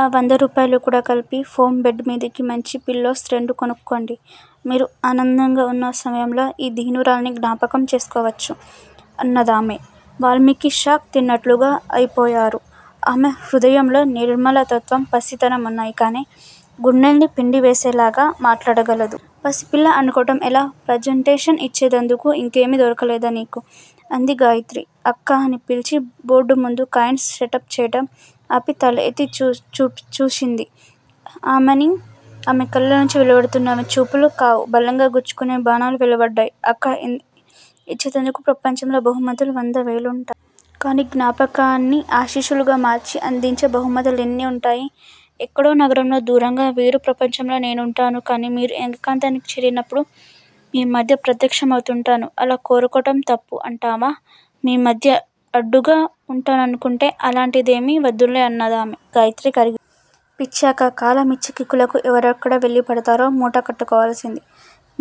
ఆ వంద రూపాయలు కూడ కలిపి ఫోం బెడ్ మీదికి మంచి పిల్లోస్ రెండు కొనుక్కోండి. మీరు ఆనందంగా ఉన్న సమయంలో ఈ దీనురాల్ని జ్ఞాపకం చేసుకోవచ్చు అన్నదామె. వాల్మీకి షాక్ తిన్నట్లుగా అయిపోయారు. ఆమె హృదయంలో నిర్మలత్వం పసితనం ఉన్నాయి. కాని గుండెల్ని పిండివేసేలాగ మాటాడగలదు. పసిపిల్ల అనుకోవటం ఎలా? ప్రజంటేషన్ యిచ్చేందుకు యింకేమీ దొరకలేదా నీకు? అంది గాయత్రి. అక్కా! అని పిలిచి బోర్డుముందు కాయిన్స్ సెటప్ చేయటం ఆపి తలఎత్తి చూచింది ఆమని. ఆమె కళ్ళలోంచి వెలువడుతున్నవి చూపులు కావు. బలంగా గ్రుచ్చుకునే బాణాలు వెలువడ్డాయి. అక్కా! ఇచ్చేందుకు ప్రపంచంలో బహుమతులు వందలు వేలుంటా. కాని జ్ఞాపకాన్ని ఆశీస్సులుగా మార్చి అందించే బహుమతులెన్ని ఉంటాయి. ఎక్కడో నగరంలో దూరంగా వేరు ప్రపంచంలో నేనుంటాను. కాని మీరు ఏకాంతానికి చేరినప్పుడు మీ మధ్య ప్రత్యక్షమవుతుంటాను. అలా కోరుకోవటం తప్పు అంటావా? మీ మధ్య అడ్డుగా ఉంటాననుకుంటే అలాంటిదేమీ వద్దులే అన్నదామె. గాయత్రి కరిగి. పిచ్చి అక్కా! కాలం యిచ్చే కిక్కులకు ఎవరెక్కడ వెళ్ళిపడతారో మూట కట్టుకోవల్సింది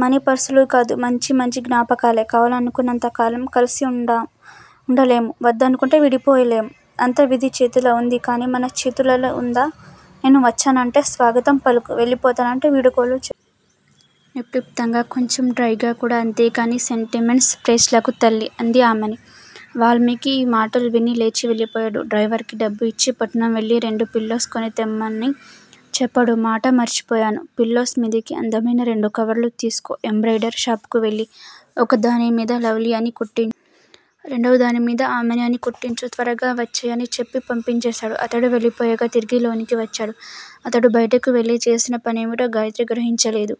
మనీపర్సులు కాదు. మంచి మంచి జ్ఞాపకాలే! కావాలనుకున్నంత కాలం కలిసి ఉండలేము. వద్దనుకుంటే విడిపోలేం! అంతా విధి చేతిలో ఉంది కాని మన చేతులలో ఉందా? నేను వచ్చానంటే స్వాగతం పలుకు. వెళ్ళిపోతానంటే వీడ్కోలు. నిర్లిప్తంగా! కొంచెం డ్రైగా కూడా! అంతేకాని సెంటిమెంట్స్ ప్రేల్చకు తల్లీ! అంది ఆమని. వాల్మీకి ఈ మాటలు విని లేచి వెళ్ళిపోయాడు. డ్రయివర్ కి డబ్బు యిచ్చి పట్నం వెళ్ళి రెండు పిల్లోస్ కొని తెమ్మని చెప్పాడు. మాట మర్చిపోయాను! పిల్లోస్ మీదికి అందమయిన రెండు కవర్లు తీసుకో, ఎంబ్రాయిడరీ షాపుకు వెళ్ళి, ఒకదాని మీద లవ్లీ అని కుటీ. రెండవదాని మీద ఆమని అని కుట్టించు! త్వరగా వచ్చెయ్ అని చెప్పి పంపించేశాడు. అతడు వెళ్ళిపోయాక తిరిగి లోనికి వచ్చాడు. అతడు బయటకు వెళ్ళి చేసిన పనేమిటో గాయత్రి గ్రహించలేదు.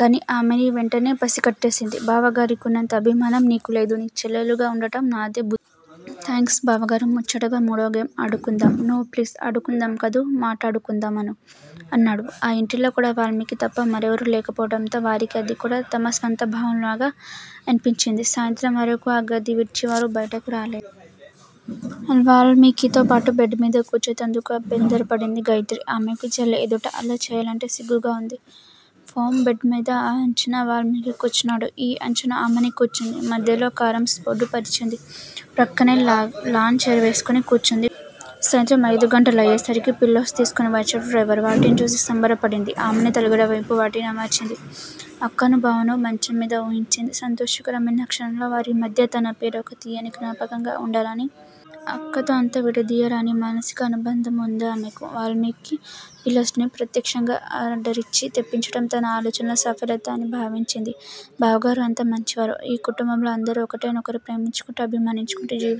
కాని ఆమని వెంటనే పసికట్టేసింది. బావగారికున్నంత అభిమానం నీకు లేదు. నీ చెల్లెలుగ ఉండటం నాదే బుద్ధి. థాంక్స్ బావగారు! ముచ్చటగా మూడవ గేమ్ ఆడుకుందాం. నో ప్లీజ్ ఆడుకుందాం కాదు. మాటాడుకుందాం అను అన్నాడు. ఆ ఇంటిలో కూడ వాల్మీకి తప్ప మరెవరూ లేకపోవటంతో వారికి అది కూడ తమ స్వంత భవనంలాగా అనిపించింది. సాయంత్రం వరకూ ఆ గది విడిచి వారు బయటకు రాలే. వాల్మీకితో పాటుగా బెడ్ మీద కూర్చునేందుకు అభ్యంతరపడింది గాయత్రి! ఆమెకు చెల్లి ఎదుట అలా చేయాలంటే సిగ్గుగా ఉంది. ఫోం బెడ్ మీద ఆ అంచున వాల్మీకి కూర్చున్నాడు. ఈ అంచున ఆమని కూర్చుంది, మధ్యలో కారమ్స్ బోర్డు పరచి ఉంది. ప్రక్కనే లాన్ చెయిర్ వేసుకుని కూర్చుంది. సాయంత్రం అయిదు గంటలు అయ్యేసరికి పిల్లోస్ తీసుకుని వచ్చాడు డ్రయివర్. వాటిని చూచి సంబర పడింది ఆమని. తలగడ వైపు వాటిని అమర్చింది. అక్కను, బావను మంచం మీద ఊహించింది. సంతోషకరమయిన క్షణాల్లో వారి మధ్య తన పేరు ఒక తీయని జ్ఞాపకంగా వుండాలని అక్కతో అంతగా విడదీయరాని మానసిక అనుబంధం వుందామెకు. వాల్మీకి పిల్లోస్ ని ప్రత్యేకంగా ఆర్డరిచ్చి తెప్పించటం తన ఆలోచనల సాఫల్యత అని భావించింది. బావగారు అంత మంచివారు. ఈ కుటుంబంలో అందరూ ఒకటే. ఒకరినొకరు ప్రేమించుకుంటూ అభిమానించుకుంటూ.